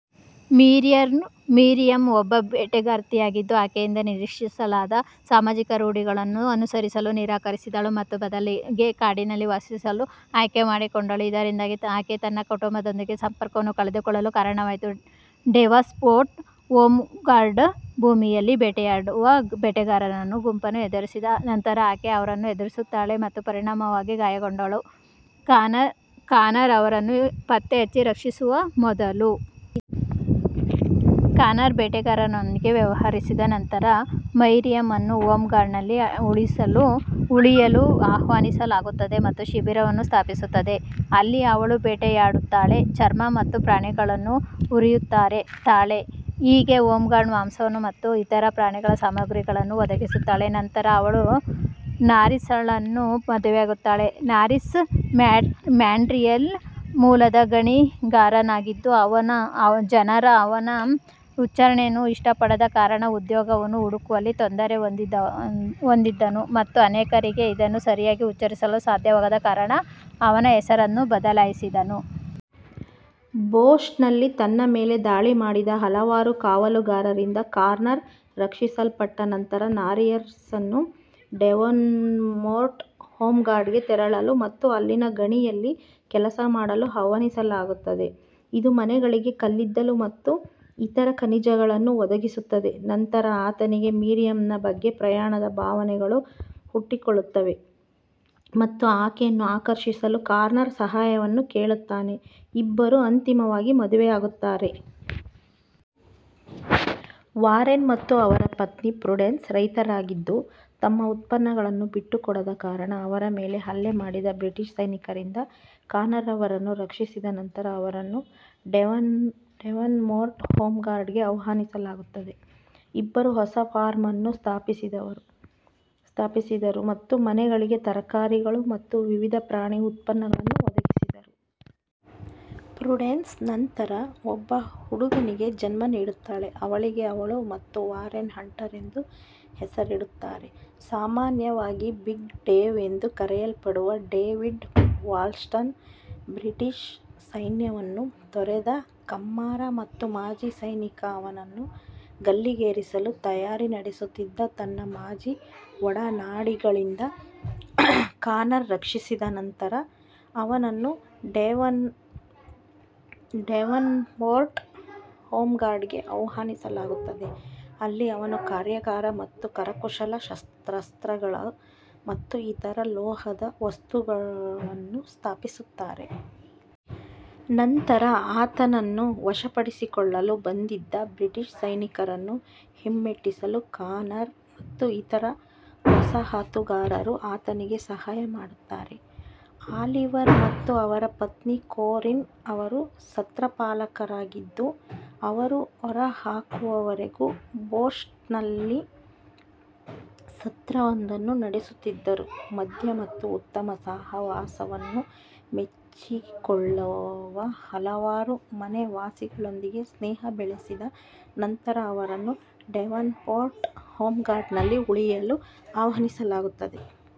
Miriam ಒಬ್ಬ ಬೇಟೆಗಾರ್ತಿಯಾಗಿದ್ದು, ಆಕೆಯಿಂದ ನಿರೀಕ್ಷಿಸಲಾದ ಸಾಮಾಜಿಕ ರೂಢಿಗಳನ್ನು ಅನುಸರಿಸಲು ನಿರಾಕರಿಸಿದಳು ಮತ್ತು ಬದಲಿಗೆ ಕಾಡಿನಲ್ಲಿ ವಾಸಿಸಲು ಆಯ್ಕೆ ಮಾಡಿಕೊಂಡಳು, ಇದರಿಂದಾಗಿ ಆಕೆ ತನ್ನ ಕುಟುಂಬದೊಂದಿಗೆ ಸಂಪರ್ಕವನ್ನು ಕಳೆದುಕೊಳ್ಳಲು ಕಾರಣವಾಯಿತು. ಡೇವನ್ಪೋರ್ಟ್ ಹೋಮ್ಸ್ಟೆಡ್ನ ಭೂಮಿಯಲ್ಲಿ ಬೇಟೆಯಾಡುವ ಬೇಟೆಗಾರರ ಗುಂಪನ್ನು ಎದುರಿಸಿದ ನಂತರ, ಆಕೆ ಅವರನ್ನು ಎದುರಿಸುತ್ತಾಳೆ ಮತ್ತು ಪರಿಣಾಮವಾಗಿ ಗಾಯಗೊಂಡಳು, ಕಾನರ್ ಅವರನ್ನು ಪತ್ತೆಹಚ್ಚಿ ರಕ್ಷಿಸುವ ಮೊದಲು. ಕಾನರ್ ಬೇಟೆಗಾರರೊಂದಿಗೆ ವ್ಯವಹರಿಸಿದ ನಂತರ, ಮೈರಿಯಮ್ ಅನ್ನು ಹೋಮ್ಸ್ಟೆಡ್ನಲ್ಲಿ ಉಳಿಯಲು ಆಹ್ವಾನಿಸಲಾಗುತ್ತದೆ ಮತ್ತು ಶಿಬಿರವನ್ನು ಸ್ಥಾಪಿಸುತ್ತದೆ, ಅಲ್ಲಿ ಅವಳು ಬೇಟೆಯಾಡುತ್ತಾಳೆ, ಚರ್ಮ ಮತ್ತು ಪ್ರಾಣಿಗಳನ್ನು ಹುರಿಯುತ್ತಾಳೆ, ಹೀಗೆ ಹೋಮ್ಸ್ಟೆಡ್ಗೆ ಮಾಂಸ ಮತ್ತು ಇತರ ಪ್ರಾಣಿ ಸಾಮಗ್ರಿಗಳನ್ನು ಒದಗಿಸುತ್ತಾಳೆ. ನಂತರ ಅವಳು ನಾರ್ರಿಸ್ಳನ್ನು ಮದುವೆಯಾಗುತ್ತಾಳೆ. ನಾರ್ರಿಸ್ ಮಾಂಟ್ರಿಯಲ್ ಮೂಲದ ಗಣಿಗಾರನಾಗಿದ್ದು, ಜನರು ಅವನ ಉಚ್ಚಾರಣೆಯನ್ನು ಇಷ್ಟಪಡದ ಕಾರಣ ಉದ್ಯೋಗವನ್ನು ಹುಡುಕುವಲ್ಲಿ ತೊಂದರೆ ಹೊಂದಿದ್ದನು ಮತ್ತು ಅನೇಕರಿಗೆ ಅದನ್ನು ಸರಿಯಾಗಿ ಉಚ್ಚರಿಸಲು ಸಾಧ್ಯವಾಗದ ಕಾರಣ ಅವನ ಹೆಸರನ್ನು ಬದಲಾಯಿಸಿದನು. ಬೋಸ್ಟನ್ನಲ್ಲಿ ತನ್ನ ಮೇಲೆ ದಾಳಿ ಮಾಡಿದ ಹಲವಾರು ಕಾವಲುಗಾರರಿಂದ ಕಾನರ್ ರಕ್ಷಿಸಲ್ಪಟ್ಟ ನಂತರ, ನಾರ್ರಿಸ್ನನ್ನು ಡೇವನ್ಪೋರ್ಟ್ ಹೋಮ್ಸ್ಟೆಡ್ಗೆ ತೆರಳಲು ಮತ್ತು ಅಲ್ಲಿನ ಗಣಿಯಲ್ಲಿ ಕೆಲಸ ಮಾಡಲು ಆಹ್ವಾನಿಸಲಾಗುತ್ತದೆ, ಇದು ಮನೆಗಳಿಗೆ ಕಲ್ಲಿದ್ದಲು ಮತ್ತು ಇತರ ಖನಿಜಗಳನ್ನು ಒದಗಿಸುತ್ತದೆ. ನಂತರ ಆತನಿಗೆ ಮಿರಿಯಮ್ನ ಬಗ್ಗೆ ಪ್ರಣಯದ ಭಾವನೆಗಳು ಹುಟ್ಟಿಕೊಳ್ಳುತ್ತವೆ ಮತ್ತು ಆಕೆಯನ್ನು ಆಕರ್ಷಿಸಲು ಕಾನರ್ನ ಸಹಾಯವನ್ನು ಕೇಳುತ್ತಾನೆ; ಇಬ್ಬರೂ ಅಂತಿಮವಾಗಿ ಮದುವೆಯಾಗುತ್ತಾರೆ. ವಾರೆನ್ ಮತ್ತು ಅವರ ಪತ್ನಿ ಪ್ರುಡೆನ್ಸ್ ರೈತರಾಗಿದ್ದು, ತಮ್ಮ ಉತ್ಪನ್ನಗಳನ್ನು ಬಿಟ್ಟುಕೊಡದ ಕಾರಣ ಅವರ ಮೇಲೆ ಹಲ್ಲೆ ಮಾಡಿದ ಬ್ರಿಟಿಷ್ ಸೈನಿಕರಿಂದ ಕಾನರ್ ಅವರನ್ನು ರಕ್ಷಿಸಿದ ನಂತರ ಅವರನ್ನು ಡೇವನ್ಪೋರ್ಟ್ ಹೋಮ್ಸ್ಟೆಡ್ಗೆ ಆಹ್ವಾನಿಸಲಾಗುತ್ತದೆ. ಇಬ್ಬರೂ ಹೊಸ ಫಾರ್ಮ್ ಅನ್ನು ಸ್ಥಾಪಿಸಿದರು ಮತ್ತು ಮನೆಗಳಿಗೆ ತರಕಾರಿಗಳು ಮತ್ತು ವಿವಿಧ ಪ್ರಾಣಿ ಉತ್ಪನ್ನಗಳನ್ನು ಒದಗಿಸಿದರು. ಪ್ರುಡೆನ್ಸ್ ನಂತರ ಒಬ್ಬ ಹುಡುಗನಿಗೆ ಜನ್ಮ ನೀಡುತ್ತಾಳೆ, ಅವಳಿಗೆ ಅವಳು ಮತ್ತು ವಾರೆನ್ ಹಂಟರ್ ಎಂದು ಹೆಸರಿಡುತ್ತಾರೆ. ಸಾಮಾನ್ಯವಾಗಿ "ಬಿಗ್ ಡೇವ್" ಎಂದು ಕರೆಯಲ್ಪಡುವ ಡೇವಿಡ್ ವಾಲ್ಸ್ಟನ್, ಬ್ರಿಟಿಷ್ ಸೈನ್ಯವನ್ನು ತೊರೆದ ಕಮ್ಮಾರ ಮತ್ತು ಮಾಜಿ ಸೈನಿಕ. ಅವನನ್ನು ಗಲ್ಲಿಗೇರಿಸಲು ತಯಾರಿ ನಡೆಸುತ್ತಿದ್ದ ತನ್ನ ಮಾಜಿ ಒಡನಾಡಿಗಳಿಂದ ಕಾನರ್ ರಕ್ಷಿಸಿದ ನಂತರ, ಅವನನ್ನು ಡೇವನ್ಪೋರ್ಟ್ ಹೋಮ್ಸ್ಟೆಡ್ಗೆ ಆಹ್ವಾನಿಸಲಾಗುತ್ತದೆ, ಅಲ್ಲಿ ಅವನು ಕಾರ್ಯಾಗಾರ ಮತ್ತು ಕರಕುಶಲ ಶಸ್ತ್ರಾಸ್ತ್ರಗಳು ಮತ್ತು ಇತರ ಲೋಹದ ವಸ್ತುಗಳನ್ನು ಸ್ಥಾಪಿಸುತ್ತಾನೆ. ನಂತರ ಆತನನ್ನು ವಶಪಡಿಸಿಕೊಳ್ಳಲು ಬಂದಿದ್ದ ಬ್ರಿಟಿಷ್ ಸೈನಿಕರನ್ನು ಹಿಮ್ಮೆಟ್ಟಿಸಲು ಕಾನರ್ ಮತ್ತು ಇತರ ವಸಾಹತುಗಾರರು ಆತನಿಗೆ ಸಹಾಯ ಮಾಡುತ್ತಾರೆ. ಆಲಿವರ್ ಮತ್ತು ಅವರ ಪತ್ನಿ ಕೊರಿನ್ ಅವರು ಸತ್ರಪಾಲಕರಾಗಿದ್ದು, ಅವರು ಹೊರಹಾಕುವವರೆಗೂ ಬೋಸ್ಟನ್ನಲ್ಲಿ ಸತ್ರವೊಂದನ್ನು ನಡೆಸುತ್ತಿದ್ದರು. ಮದ್ಯ ಮತ್ತು ಉತ್ತಮ ಸಹವಾಸವನ್ನು ಮೆಚ್ಚಿಕೊಳ್ಳುವ ಹಲವಾರು ಮನೆವಾಸಿಗಳೊಂದಿಗೆ ಸ್ನೇಹ ಬೆಳೆಸಿದ ನಂತರ ಅವರನ್ನು ಡೇವನ್ಪೋರ್ಟ್ ಹೋಮ್ಸ್ಟೆಡ್ನಲ್ಲಿ ಉಳಿಯಲು ಆಹ್ವಾನಿಸಲಾಗುತ್ತದೆ.